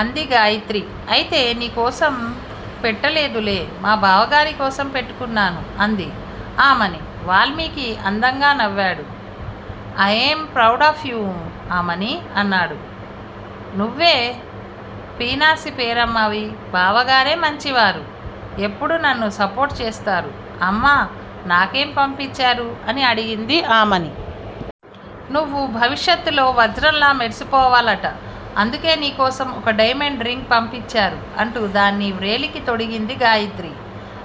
అంది గాయత్రి. అయితే నీకోసం పెట్టలేదులే! మా బావగారి కోసం పెట్టుకున్నాను. అంది ఆమని, వాల్మీకి అందంగా నవ్వాడు. I am proud of you Amani! అన్నాడు. నువ్వే పీనాసి పేరమ్మవి, బావగారే మంచివారు! ఎప్పుడూ నన్ను సపోర్టు చేస్తారు. అమ్మ నాకేం పంపించారు? అని అడిగింది ఆమని. నువ్వు భవిష్యత్తులో వజ్రంలా మెరిసిపోవాలట! అందుకే నీకోసం ఒక డైమండ్ రింగ్ పంపించారు అంటూ దాన్ని వ్రేలికి తొడిగింది గాయత్రి!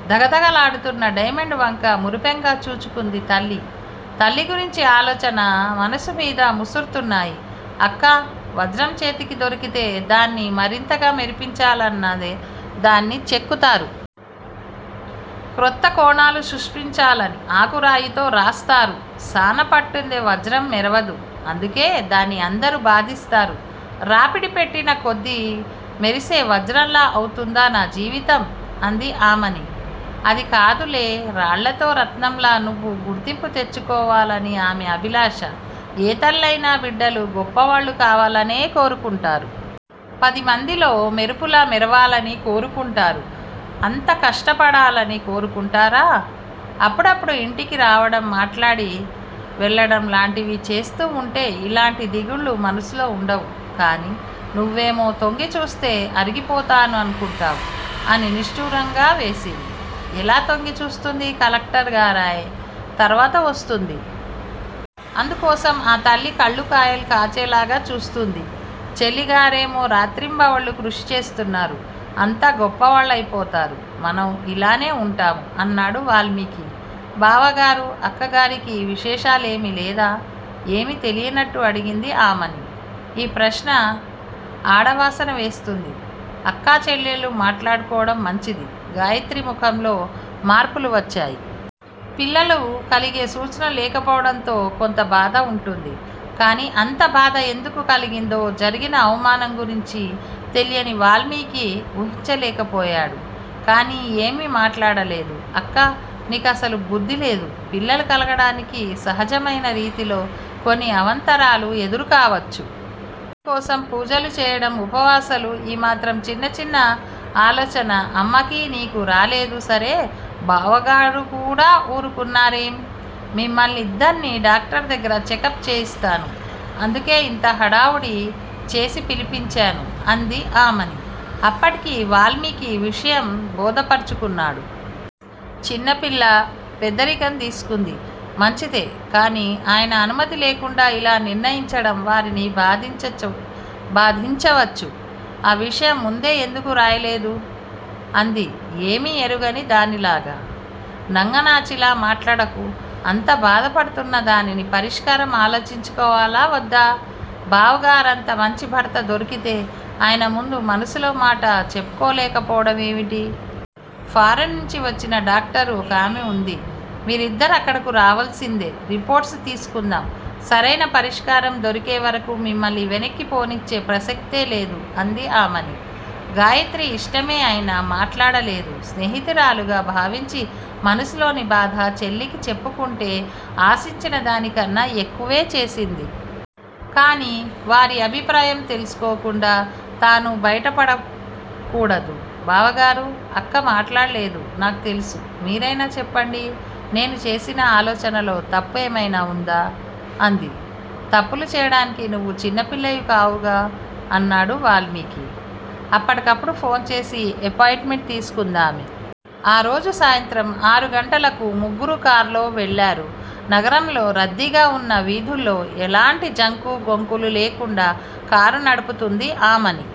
ధగ ధగ లాడుతున్న డైమండ్ వంక మురిపెంగా చూచుకుంది, తల్లి గురించిన ఆలోచనలు మనసు మీద ముసురుతున్నాయి. అక్కా! వజ్రం చేతికి దొరికితే దాన్ని మరింతగా మెరిపించాలని దాన్ని చెక్కుతారు. క్రొత్త కోణాలు సృష్టించాలని ఆకురాయితో రాస్తారు. సాన పట్టందే వజ్రం మెరవదు. అందుకే దాన్ని అందరూ బాధిస్తారు. రాపిడి పెట్టిన కొద్దీ మెరిసే వజ్రంలా అవుతుందా నా జీవితం? అంది ఆమని. అది కాదులే! రాళ్ళలో రత్నంలా నువ్వు గుర్తింపు తెచ్చుకోవాలని ఆమె అభిలాష, ఏ తల్లి అయినా బిడ్డలు గొప్పవాళ్ళు కావాలని కోరుకుంటారు. పది మందిలో మెరుపులా మెరవాలను కుంటారు. అంతా కష్టపడాలని కోరుకుంటారా? అప్పుడప్పుడు ఇంటికి రావటం మాట్లాడి వెళ్ళటం లాంటివి చేస్తూ ఉంటే ఇలాంటి దిగుళ్ళు మనసులో ఉండవు. కాని నువ్వేమో తొంగిచూస్తే అరిగిపోతానను కుంటావు అని నిష్టూరం వేసింది. ఎలా తొంగి చూస్తుంది కలెక్టర్ గారు అయిం తరువాత వస్తుంది. అందుకోసం ఆ తల్లి కళ్ళుకాయలు కాచేలాగ చూస్తోంది. చెల్లిగారేమో రాత్రింబవళ్ళు కృషిచేస్తున్నారు. అంతా గొప్పవాళ్ళయిపోతారు. మనం ఇలాగే వుంటాం అన్నాడు వాల్మీకి. బావగారూ! అక్కగారికి విశేషాలేమీ లేదా? ఏమీ తెలియనట్టు అడిగింది ఆమని! ఈ ప్రశ్న ఆడవాసన వేస్తోంది! అక్కా చెల్లెళ్ళు మాట్లాడుకోవడం మంచిది. గాయత్రి ముఖంలో మార్పులు వచ్చాయి. పిల్లలు కలిగే సూచన లేకపోవడంతో కొంత బాధ వుంటుంది. కాని అంత బాధ ఎందుకు కలిగిందో జరిగిన అవమానం గురించి తెలియని వాల్మీకి ఊహించలేకపోయాడు. కానీ ఏమీ మాట్లాడలేదు. అక్కా! నీ కసలు బుద్ధి లేదు. పిల్లలు కలగటానికి సహజమయిన రీతిలో కొన్ని అవాంతరాలు ఎదురుకావచ్చు! దాని కోసం పూజలు చేయడం, ఉపవాసాలు! ఈ మాత్రం చిన్న ఆలోచన అమ్మకి, నీకు రాలేదు సరే బావగారు కూడా ఊరుకున్నారేం? మిమ్మల్ని ఇద్దర్నీ డాక్టర్ దగ్గర చెకప్ చేయిస్తాను. అందుకే ఇంత హడావిడి చేసి పిలిపించాను అంది ఆమని! అప్పటికి వాల్మీకి విషయం బోధపరచుకున్నాడు. చిన్నపిల్ల పెద్దరికం తీసుకుంది. మంచిదే, కాని ఆయన అనుమతి లేకుండా ఇలా నిర్ణయించడం వారిని బాధించవచ్చు! ఆ విషయం ముందే ఎందుకు వ్రాయలేదు? అంది ఏమీ ఎరుగని దానిలాగ! నంగనాచిలా మాటాడకు! అంత బాధపడుతున్నదానివి పరిష్కారం ఆలోచించుకోవాలా వద్దా? బావగారంత మంచి భర్త దొరికితే ఆయన ముందు మనసులో మాట చెప్పుకోలేకపోవడం ఏమిటి? ఫారిన్ నుంచి వచ్చిన డాక్టర్ ఒకామె వుంది! మీరిద్దరూ అక్కడకు రావలసిందే! రిపోర్ట్సు తీసుకుందాం! సరయిన పరిష్కారం దొరికే వరకూ మిమ్మల్ని వెనక్కి పోనిచ్చే ప్రసక్తి లేదు అంది ఆమని. గాయత్రి ఇష్టమే అయినా మాటాడలేదు. స్నేహితురాలుగా భావించి మనసులోని బాధ చెల్లికి చెప్పుకుంటే ఆశించిన దానికన్నా ఎక్కువే చేసింది. కాని వారి అభిప్రాయం తెలుసుకోకుండా తాను బయటపడ కూడదు. బావగారూ! అక్క మాటాడలేదు నాకు తెలుసు. మీరయినా చెప్పండి. నేను చేసిన ఆలోచనలో తప్పు ఏమయినా వుందా? అంది. తప్పులు చేయటానికి నువ్వు చిన్నపిల్లవు కావుగా! అన్నాడు వాల్మీకి. అప్పటికప్పుడు ఫోన్ చేసి అపాయింట్ మెంట్ తీసుకుందామె. ఆ రోజే సాయంత్రం ఆరు గంటలకు ముగ్గురూ కారులో వెళ్లారు. నగరంలో రద్దీగా వున్న వీధుల్లో ఎలాంటి జంకు గొంకులు లేకుండా కారు నడుపుతోంది ఆమని.